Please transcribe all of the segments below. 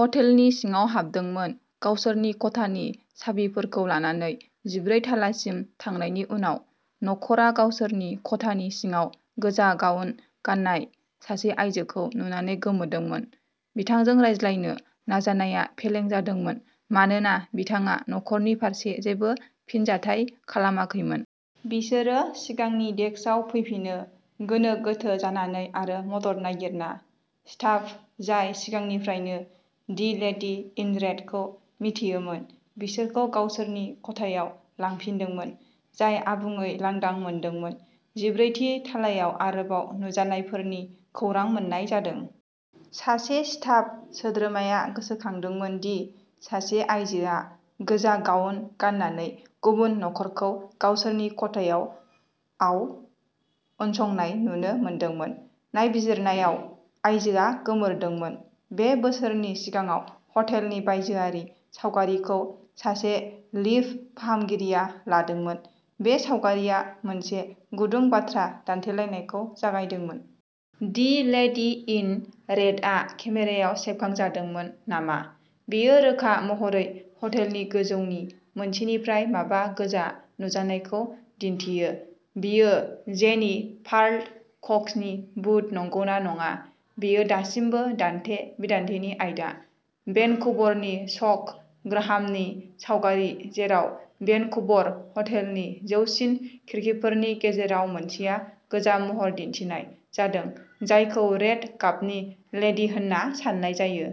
हटेलनि सिङाव हाबदोंमोन। गावसोरनि खथानि साबिफोरखौ लानानै जिब्रै थालासिम थांनायनि उनाव, न'खरआ गावसोरनि खथानि सिङाव गोजा गाउन गान्नाय सासे आयजोखौ नुनानै गोमोदोंमोन। बिथांजों रायज्लायनो नाजानाया फेलें जादोंमोन मानोना बिथाङा न'खरनि फारसे जेबो फिनजाथाय खालामाखैमोन। बिसोरो सिगांनि डेस्कआव फैफिनो, गोनो गोथो जानानै आरो मदद नागिरना। स्टाफ, जाय सिगांनिफ्रायनो दि लेडी इन रेडखौ मिथियोमोन, बिसोरखौ गावसोरनि खथायाव लांफिनदोंमोन, जाय आबुङै लांदां मोनदोंमोन। जिब्रैथि थालायाव आरोबाव नुजानायफोरनि खौरां मोन्नाय जादों। सासे स्टाफ सोद्रोमाया गोसोखांदोंमोन दि सासे आइजोआ गोजा गाउन गान्नानै गुबुन न'खरखौ गावसोरनि खथायाव आव उनसंनाय नुनो मोनदोंमोन। नायबिजिरनायाव, आइजोआ गोमोरदोंमोन। बे बोसोरनि सिगाङाव हटेलनि बायजोआरि सावगारिखौ सासे लिफ्ट फाहामगिरिया लादोंमोन। बे सावगारिया मोनसे गुदुं बाथ्रा दान्थेलायनायखौ जागायदोंमोन। दि लेडी इन रेडआ केमेरायाव सेबखांजादोंमोन नामा? बेयो रोखा महरै हटेलनि गोजौनि मोनसेनिफ्राय माबा गोजा नुजानायखौ दिन्थियो। बेयो जेनि पार्ल कक्सनि भुत नंगौना नङा, बेयो दासिमबो दान्थे-बिदान्थेनि आयदा। भेनकुवरनि स्कट ग्राहामनि सावगारि, जेराव भेनकुवर हटेलनि जौसिन खिरखिफोरनि गेजेराव मोनसेयाव गोजा महर दिन्थिनाय जादों, जायखौ रेड गाबनि लेडि होन्ना सान्नाय जायो।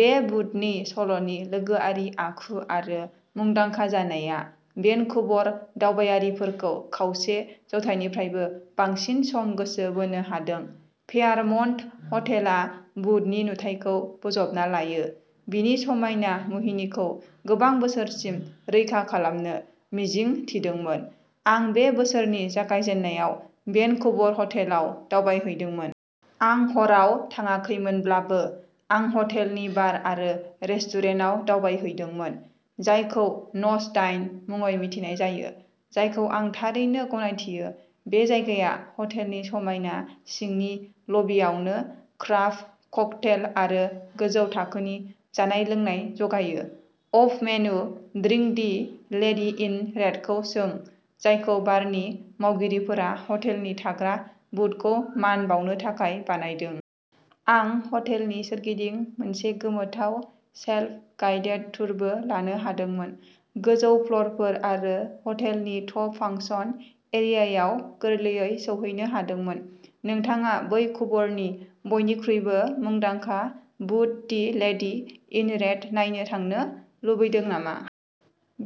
बे भुतनि सल'नि लोगोआरि आखु आरो मुंदांखा जानाया भेनकुवर दावबायारिफोरखौ खावसे जौथाइनिफ्रायबो बांसिन सम गोसो बोनो हादों। फेयारमन्ट हटेलआ भुतनि नुथायखौ बोजबना लायो, बिनि समायना मुहिनिखौ गोबां बोसोरसिम रैखा खालामनो मिजिं थिदोंमोन। आं बे बोसोरनि जागायजेन्नायाव भेनकुवर हटेलाव दावबायहैदोंमोन। आं हराव थाङाखैमोनब्लाबो, आं हटेलनि बार आरो रेस्टुरेन्टाव दावबायहैदोंमोन, जायखौ नच दाइन मुङै मिथिनाय जायो, जायखौ आं थारैनो गनायथियो। बे जायगाया हटेलनि समायना सिंनि लबियावनो क्राफ्ट ककटेल आरो गोजौ थाखोनि जानाय-लोंनाय जगायो। Off menu drink the lady in रेड'खौ सों, जायखौ बारनि मावगिरिफोरा हटेलनि थाग्रा भुतखौ मान बावनो थाखाय बानायदों। आं हटेलनि सोरगिदिं मोनसे गोमोथाव सेल्फ गाइडेड टुरबो लानो हादोंमोन, गोजौ फ्ल'रफोर आरो हटेलनि टप फांसन एरियायाव गोरलैयै सौहैनो हादोंमोन। नोंथाङा वैंकूवरनि बयनिख्रुइबो मुंदांखा भुत, दि लेडी इन रेड नायनो थांनो लुबैदों नामा?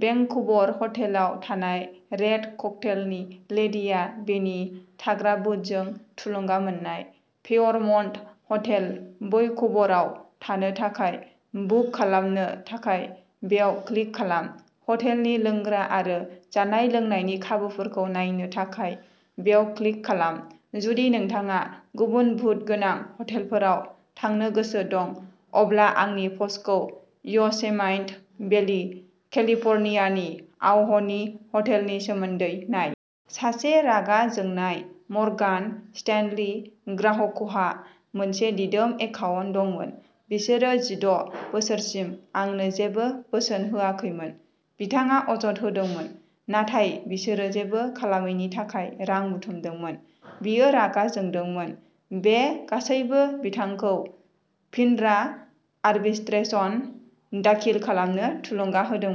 भेंकूवर हटेलाव थानाय रेड ककटेलनि लेडिआ बेनि थाग्रा भुतजों थुलुंगा मोननाय। फेयरमन्ट हटेल वैंकूवराव थानो थाखाय बुक खालामनो थाखाय बेयाव क्लिक खालाम। हटेलनि लोंग्रा आरो जानाय-लोंनायनि खाबुफोरखौ नायनो थाखाय बेयाव क्लिक खालाम। जुदि नोंथाङा गुबुन भुतगोनां हटेलफोराव थांनो गोसो दं, अब्ला आंनि प'स्टखौ य'सेमाइट भेलि, केलिफ'र्नियानि आवहनी हटेलनि सोमोन्दै नाय। सासे रागा जोंनाय मर्गान स्टेनली ग्राहकहा मोनसे दिदोम एकाउन्ट दंमोन। बिसोरो जिद' बोसोरसिम आंनो जेबो बोसोन होआखैमोन, बिथाङा अजद होदोंमोन। नाथाय बिसोरो जेबो खालामैनि थाखाय रां बुथुमदोंमोन, बियो रागा जोंदोंमोन। बे गासैबो बिथांखौ फिनरा आरबिट्रेशन दाखिल खालामनो थुलुंगा होदोंमोन।